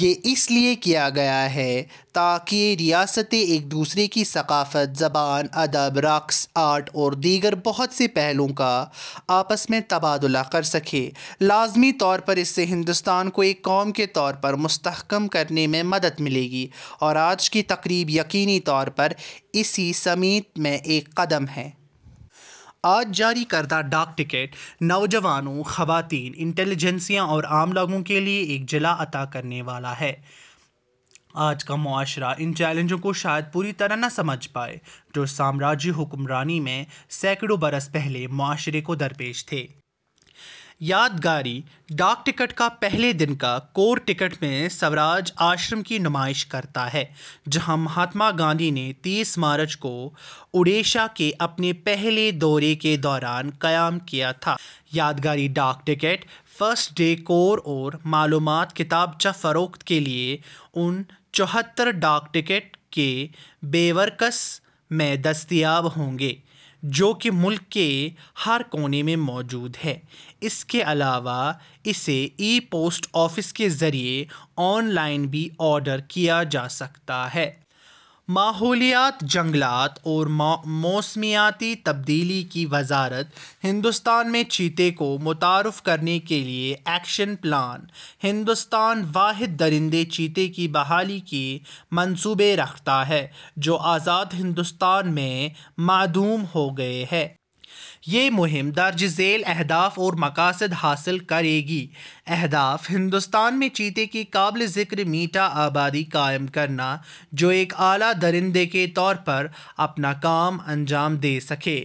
یہ اس لیے کیا گیا ہے تاکہ یہ ریاستیں ایک دوسرے کی ثقافت، زبان، ادب، رقص، آرٹ اور دیگر بہت سے پہلوؤں کا آپس میں تبادلہ کرسکیں۔ لازمی طور پر اس سے ہندوستان کو ایک قوم کے طور پر مستحکم کرنے میں مدد ملے گی اور آج کی تقریب یقینی طور پر اسی سمت میں ایک قدم ہے۔ آج جاری کردہ ڈاک ٹکٹ، نوجوانوں، خواتین، انٹلی جنسیا اور عام لوگوں کے لیے ایک جلا عطا کرنے والا ہے۔ آج کا معاشرہ اُن چیلنجوں کو شاید پوری طرح نہ سمجھ پائے، جو سامراجی حکمرانی میں سینکڑوں برس پہلے معاشرے کو درپیش تھے۔ یادگاری ڈاک ٹکٹ کا پہلے دن کا کور کٹک میں سوراج آشرم کی نمائش کرتا ہے، جہاں مہاتما گاندھی نے تئیس مارچ کو اُڈیشہ کے اپنے پہلے دورے کے دوران قیام کیا تھا۔ یادگاری ڈاک ٹکٹ، فرسٹ ڈے کور اور معلومات کتابچہ فروخت کے لیے اُن چھہتر ڈاک ٹکٹ کے بیورکس میں دستیاب ہوں گے، جو کہ ملک کے ہر کونے میں موجود ہیں۔ اس کے علاوہ اسے ای پوسٹ آفس کے ذریعے آن لائن بھی آرڈر کیا جاسکتا ہے۔ ماحولیات، جنگلات اور موسمیاتی تبدیلی کی وزارت ہندوستان میں چیتے کو متعارف کرانے کے لیے ایکشن پلان ہندوستان، واحد درندے چیتے کی بحالی کے منصوبے رکھتا ہے جو آزاد ہندوستان میں معدوم ہوگئے ہیں۔ یہ مہم درج ذیل اہداف اور مقاصد حاصل کرے گی: اہداف، ہندوستان میں چیتے کی قابل ذکر میٹا آبادی قائم کرنا، جو ایک اعلیٰ درندے کے طور پر اپنا کام انجام دے سکے،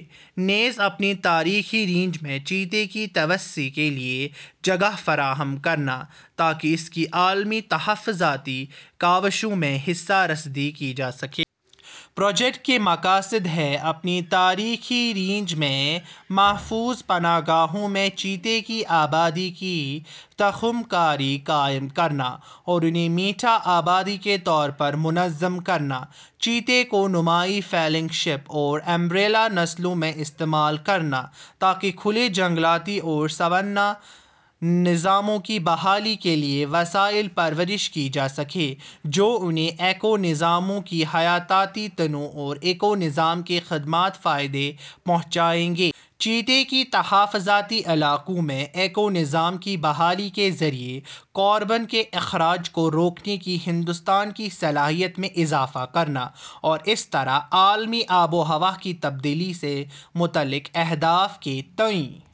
نیز اپنی تاریخی رینج میں چیتے کی توسیع کے لیے جگہ فراہم کرنا تاکہ اس کی عالمی تحفظاتی کاوشوں میں حصہ رسدی کی جاسکے۔ پروجیکٹ کے مقاصد ہیں: اپنی تاریخی رینج میں محفوظ پناہ گاہوں میں چیتے کی آبادی کی تخم کاری قائم کرنا اور انہیں میٹا آبادی کے طور پر منظم کرنا۔ چیتے کو نمایاں فلیگ شپ اور امبریلا نسلوں میں استعمال کرنا تاکہ کھلے جنگلاتی اور سونّا نظاموں کی بحالی کے لیے وسائل کی پرورش کی جاسکے، جو ان ایکو نظاموں سے حیاتیاتی تنوع اور ایکو نظام کی خدمات کو فائدہ پہنچائیں گے۔ چیتے کے تحفظاتی علاقوں میں ایکو نظام کی بحالی کے ذریعے کاربن کے اخراج کو روکنے کی ہندوستان کی صلاحیت میں اضافہ کرنا اور اس طرح عالمی آب و ہوا کی تبدیلی سے متعلق اہداف کے تئیں